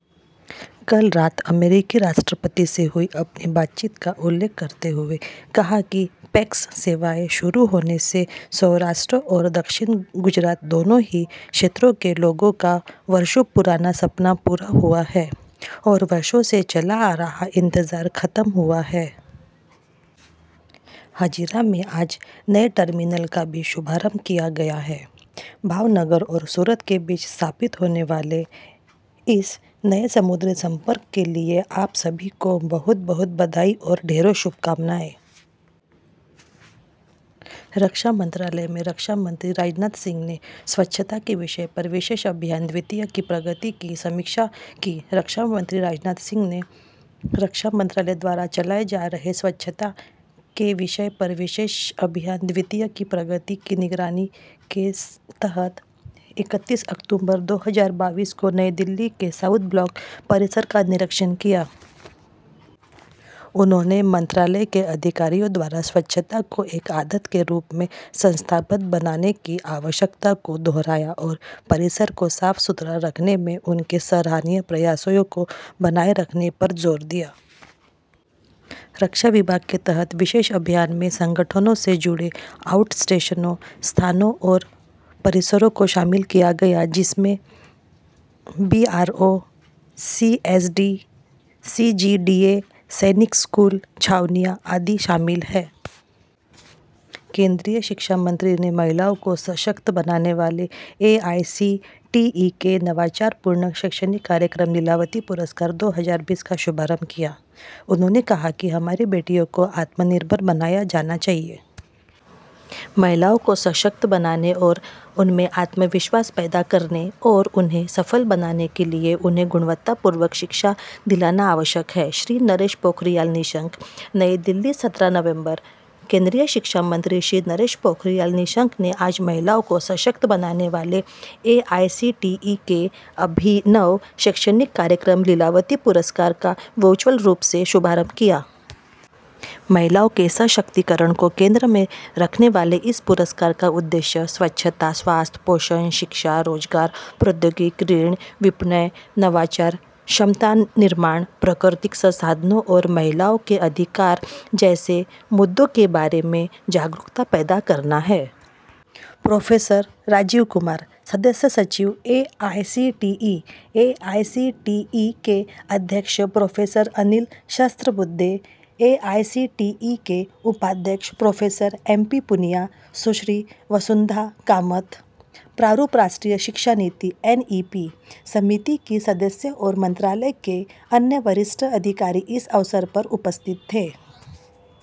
کل رات امریکی صدر سے اپنی بات چیت کا حوالہ دیتے ہوئے کہا کہ پیکس سروسز شروع ہونے سے سوراشٹر اور جنوبی گجرات، دونوں ہی علاقوں کے لوگوں کا برسوں پرانا خواب مکمل ہوا ہے اور برسوں کا انتظار ختم ہوا ہے۔ ہزیرا میں آج نئے ٹرمینل کا بھی آغاز کیا گیا ہے۔ بھاؤنگر اور سورت کے درمیان قائم ہونے والے اس نئے سمندری رابطے کے لیے آپ سبھی کو بہت بہت مبارکباد اور ڈھیر ساری نیک خواہشات! وزارتِ دفاع وزیرِ دفاع راج ناتھ سنگھ نے سوچھتا کے موضوع پر خصوصی مہم دوئم کی پیش رفت کا جائزہ لیا وزیرِ دفاع راج ناتھ سنگھ نے دفاع کی وزارت کے ذریعے انجام دی گئی سوچھتا کے موضوع پر خصوصی مہم دوئم کی پیش رفت کی نگرانی کے حصے کے طور پر اکتیس اکتوبر دو ہزار بائیس کو نئی دہلی میں ساؤتھ بلاک احاطے کا معائنہ کیا۔ انہوں نے وزارت کے اہلکاروں کے ذریعے سوچھتا کو ایک عادت کے طور پر ادارہ جاتی بنانے کی ضرورت کا اعادہ کیا اور احاطے کو صاف ستھرا رکھنے میں ان کی قابلِ ستائش کاوشوں کو برقرار رکھنے پر زور دیا۔ دفاع کے محکمہ کے تحت خصوصی مہم میں تنظیموں سے تعلق رکھنے والے آؤٹ اسٹیشن مقامات اور جگہوں کا احاطہ کیا گیا ہے، جس میں B R O, C S D, C G D A, Sainik school, چھاؤنیاں وغیرہ شامل ہیں۔ وزارتِ تعلیم مرکزی وزیر تعلیم نے خواتین کو بااختیار بنانے والے اے آئی سی ٹی ای کے اختراعی تعلیمی پروگرام لیلاوتی ایوارڈ دو ہزار بیس کا آغاز کیا ہماری بچیوں کو خود کفیل بنانے، ان میں خود اعتمادی پیدا کرنے اور کامیاب بنانے کے لیے انہیں معیاری تعلیم دلانا ضروری ہے: جناب رمیش پوکھریال ’نشنک‘ نئی دہلی، سترہ نومبر: مرکزی وزیر تعلیم جناب رمیش پوکھریال ’نشنک‘ نے آج خواتین کو بااختیار بنانے والے اے آئی سی ٹی ای کے اختراعی تعلیمی پروگرام لیلاوتی ایوارڈ کا ورچوئل طریقے سے آغاز کیا۔ خواتین کی اختیارکاری کو مرکزیت دینے والے اس ایوارڈ کا مقصد صفائی ستھرائی، صحت، تغذیہ، تعلیم، روزگار، ٹیکنالوجی، کریڈٹ، مارکیٹنگ، اختراع، اہلیت سازی، قدرتی وسائل اور خواتین کے حقوق جیسے مسائل کے بارے میں بیداری پیدا کرنا ہے۔ پروفیسر راجیو کمار، رکن secretary, A I C T E; chairman, A I C T E professor Anil Sahasrabudhe; نائب chairman, A I C T E, professor M P Poonia; محترمہ واسودھا کمتھ، رکن، draft N E P committee اور وزارت کے دیگر سینئر افسران اس موقع پر موجود تھے۔